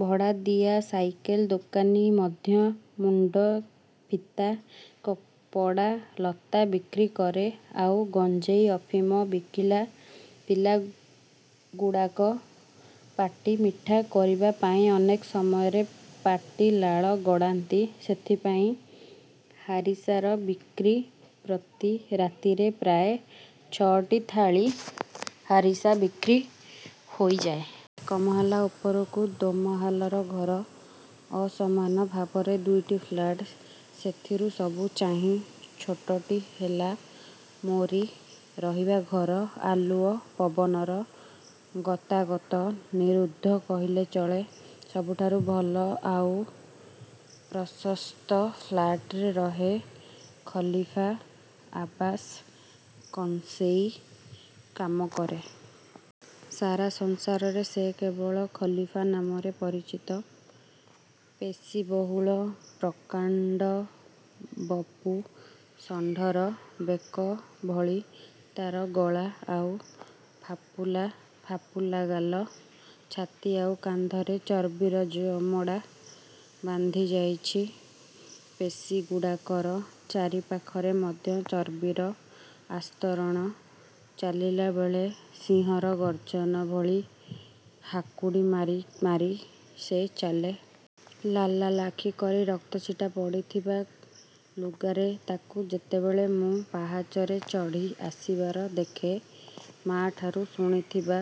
ଭଡ଼ା ଦିଆ ସାଇକେଲ ଦୋକାନୀ ମଧ୍ୟ ମୁଣ୍ଡଫିତା, କପଡ଼ା ଲତା ବିକ୍ରି କରେ। ଆଉ ଗଞ୍ଜେଇ ଅଫିମ ବିକିଲା ପିଲାଗୁଡ଼ାକ ପାଟି ମିଠା କରିବା ପାଇଁ ଅନେକ ସମୟରେ ପାଟି ଲାଳ ଗଡ଼ାନ୍ତି। ସେଥିପାଇଁ 'ହାରିସା'ର ବିକ୍ରି। ପ୍ରତି ରାତିରେ ପ୍ରାୟ ଛ'ଟି ଥାଳି ହାରିସା ବିକ୍ରି ହୋଇଯାଏ'। ଏକମହଲା ଉପରକୁ ଦୋମହଲାର ଘର। ଅସମାନ ଭାବରେ ଦୁଇଟି ଫ୍ଲାଟ। ସେଥିରୁ ସବୁ ଚାହିଁ ଛୋଟଟି ହେଲା ମୋରି ରହିବା ଘର। ଆଲୁଅ ପବନର ଗତାଗତ ନିରୁଦ୍ଧ କହିଲେ ଚଳେ। ସବୁଠାରୁ ଭଲ ଆଉ ପ୍ରଶସ୍ତ ଫ୍ଲାଟରେ ରହେ ଖଲିଫା ଆବାସ। କଂସେଇ କାମ କରେ। ସାରା ସଂସାରରେ ସେ କେବଳ 'ଖଲିଫା' ନାମରେ ପରିଚିତ। ପେଶୀବହୁଳ ପ୍ରକାଣ୍ଡ ବପୁ। ଷଣ୍ଢର ବେକ ଭଳି ତାର ଗଳା, ଆଉ ଫାପୁଲା ଫାପୁଲା ଗାଲ। ଛାତି ଆଉ କାନ୍ଧରେ ଚର୍ବିର ଜମାଟ ବାନ୍ଧିଯାଇଚି। ପେଶୀଗୁଡ଼ାକର ଚାରିପାଖରେ ମଧ୍ୟ ଚର୍ବିର ଆସ୍ତରଣ। ଚାଲିଲାବେଳେ ସିଂହର ଗର୍ଜନ ଭଳି ହାକୁଡ଼ି ମାରି ମାରି ସେ ଚାଲେ। ଲାଲ ଲାଲ ଆଖି କରି ରକ୍ତଛିଟା ପଡ଼ିଥିବା ଲୁଗାରେ ତାକୁ ଯେତେବେଳେ ମୁଁ ପାହାଚରେ ଚଢ଼ି ଆସିବାର ଦେଖେ, ମା'ଠାରୁ ଶୁଣିଥିବା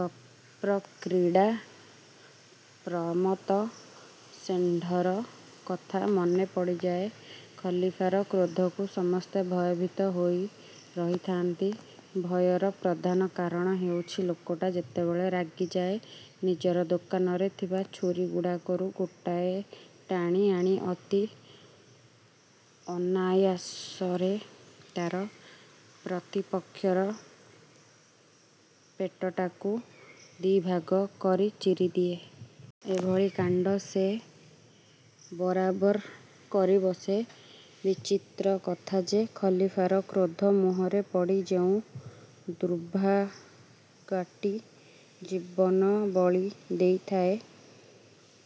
ବପ୍ରକ୍ରିଡ଼ା ପ୍ରମତ୍ତ ଷେଣ୍ଢର କଥା ମନେ ପଡ଼ିଯାଏ। ଖଲିଫାର କ୍ରୋଧକୁ ସମସ୍ତେ ଭୟଭୀତ ହୋଇ ରହିଥାନ୍ତି। ଭୟର ପ୍ରଧାନ କାରଣ ହେଉଛି ଲୋକଟା ଯେତେବେଳେ ରାଗିଯାଏ, ନିଜର ଦୋକାନରେ ଥିବା ଛୁରିଗୁଡ଼ାକରୁ ଗୋଟାଏ ଟାଣି ଆଣି ଅତି ଅନାୟାସରେ ତାର ପ୍ରତିପକ୍ଷର ପେଟଟାକୁ ଦିଭାଗ କରି ଚିରିଦିଏ। ଏଭଳି କାଣ୍ଡ ସେ ବରାବର କରିବସେ। ବିଚିତ୍ର କଥା ଯେ ଖଲିଫାର କ୍ରୋଧ ମୁହଁରେ ପଡ଼ି ଯେଉଁ ଦୁର୍ଭାଗାଟି ଜୀବନଵଳି ଦେଇଥାଏ,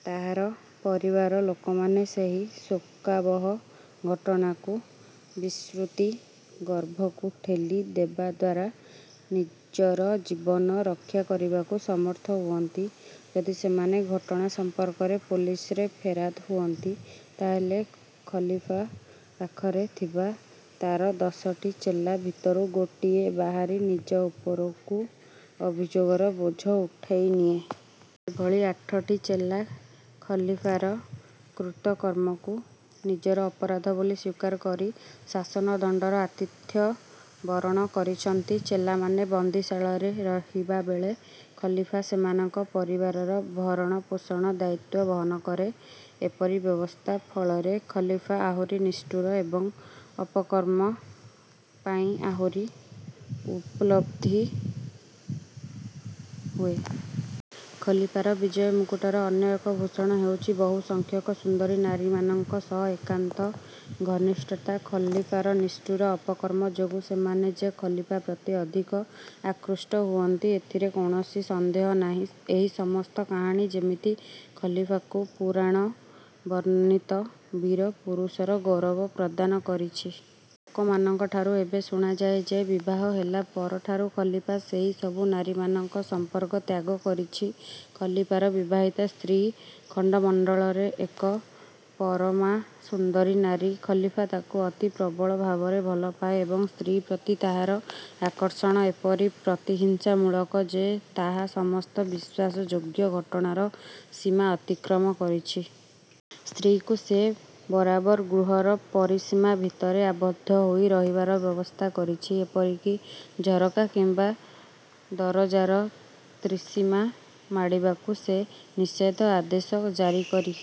ତାହାର ପରିବାର ଲୋକମାନେ ସେହି ଶୋକାବହ ଘଟଣାକୁ ବିସ୍ମୃତି ଗର୍ଭକୁ ଠେଲି ଦେବା ଦ୍ଵାରା ନିଜର ଜୀବନ ରକ୍ଷାକରିବାକୁ ସମର୍ଥ ହୁଅନ୍ତି। ଯଦି ସେମାନେ ଘଟଣା ସମ୍ପର୍କରେ ପୋଲିସରେ ଫେରାଦ ହୁଅନ୍ତି ତାହେଲେ ଖଲିଫା ପାଖରେ ଥିବା ତାର ଦଶଟି ଚେଲା ଭିତରୁ ଗୋଟିଏ ବାହାରି ନିଜ ଉପରକୁ ଅଭିଯୋଗର ବୋଝ ଉଠେଇନିଏ। ଏହିଭଳି ଆଠଟି ଚେଲା ଖଲିଫାର କୃତକର୍ମକୁ ନିଜର ଅପରାଧ ବୋଲି ସ୍ଵୀକାର କରି ଶାସନଦଣ୍ଡର ଆତିଥ୍ୟ ବରଣ କରିଛନ୍ତି। ଚେଲାମାନେ ବନ୍ଦୀଶାଳରେ ରହିବାବେଳେ ଖଲିଫା ସେମାନଙ୍କ ପରିବାରର ଭରଣପୋଷଣ ଦାୟିତ୍ୱ ବହନ କରେ। ଏପରି ବ୍ୟବସ୍ଥା ଫଳରେ ଖଲିଫା ଆହୁରି ନିଷ୍ଠୁର ଏବଂ ଅପକର୍ମ ପାଇଁ ଆହୁରି ଉତ୍ଫୁଲିତ ହୁଏ। ଖଲିଫାର ବିଜୟ ମୁକୁଟର ଅନ୍ୟ ଏକ ଭୂଷଣ ହେଉଛି, ବହୁ ସଂଖ୍ୟକ ସୁନ୍ଦରୀ ନାରୀମାନଙ୍କ ସହ ଏକାନ୍ତ ଘନିଷ୍ଠତା। ଖଲିଫାର ନିଷ୍ଠୁର ଅପକର୍ମ ଯୋଗୁଁ ସେମାନେ ଯେ ଖଲିଫା ପ୍ରତି ଅଧିକ ଆକୃଷ୍ଟ ହୁଅନ୍ତି, ଏଥିରେ କୌଣସି ସନ୍ଦେହ ନାହିଁ। ଏହି ସମସ୍ତ କାହାଣୀ ଯେମିତି ଖଲିଫାକୁ ପୁରାଣ ବର୍ଣ୍ଣିତ ବୀର ପୁରୁଷର ଗୌରବ ପ୍ରଦାନ କରିଛି। ଲୋକମାନଙ୍କଠାରୁ ଏବେ ଶୁଣାଯାଏ ଯେ, ବିବାହ ହେଲା ପରଠାରୁ ଖଲିଫା ସେହିସବୁ ନାରୀମାନଙ୍କ ସମ୍ପର୍କ ତ୍ୟାଗ କରିଛି। ଖଲିଫାର ବିବାହିତ ସ୍ତ୍ରୀ ଖଣ୍ଡମଣ୍ଡଳରେ ଏକ ପରମାସୁନ୍ଦରୀ ନାରୀ। ଖଲିଫା ତାକୁ ଅତି ପ୍ରବଳ ଭାବରେ ଭଲପାଏ ଏବଂ ସ୍ତ୍ରୀ ପ୍ରତି ତାହାର ଆକର୍ଷଣ ଏପରି ପ୍ରତିହିଂସାମୂଳକ ଯେ ତାହା ସମସ୍ତ ବିଶ୍ୱାସଯୋଗ୍ୟ ଘଟଣାର ସୀମା ଅତିକ୍ରମ କରିଛି। ସ୍ତ୍ରୀକୁ ସେ ବରାବର ଗୃହର ପରିସୀମା ଭିତରେ ଆବଦ୍ଧ ହୋଇ ରହିବାର ବ୍ୟବସ୍ଥା କରିଛି; ଏପରିକି ଝରକା କିମ୍ଵା ଦରଜାର ତ୍ରିସୀମା ମାଡ଼ିବାକୁ ସେ ନିଷେଧ ଆଦେଶ ଜାରିକରି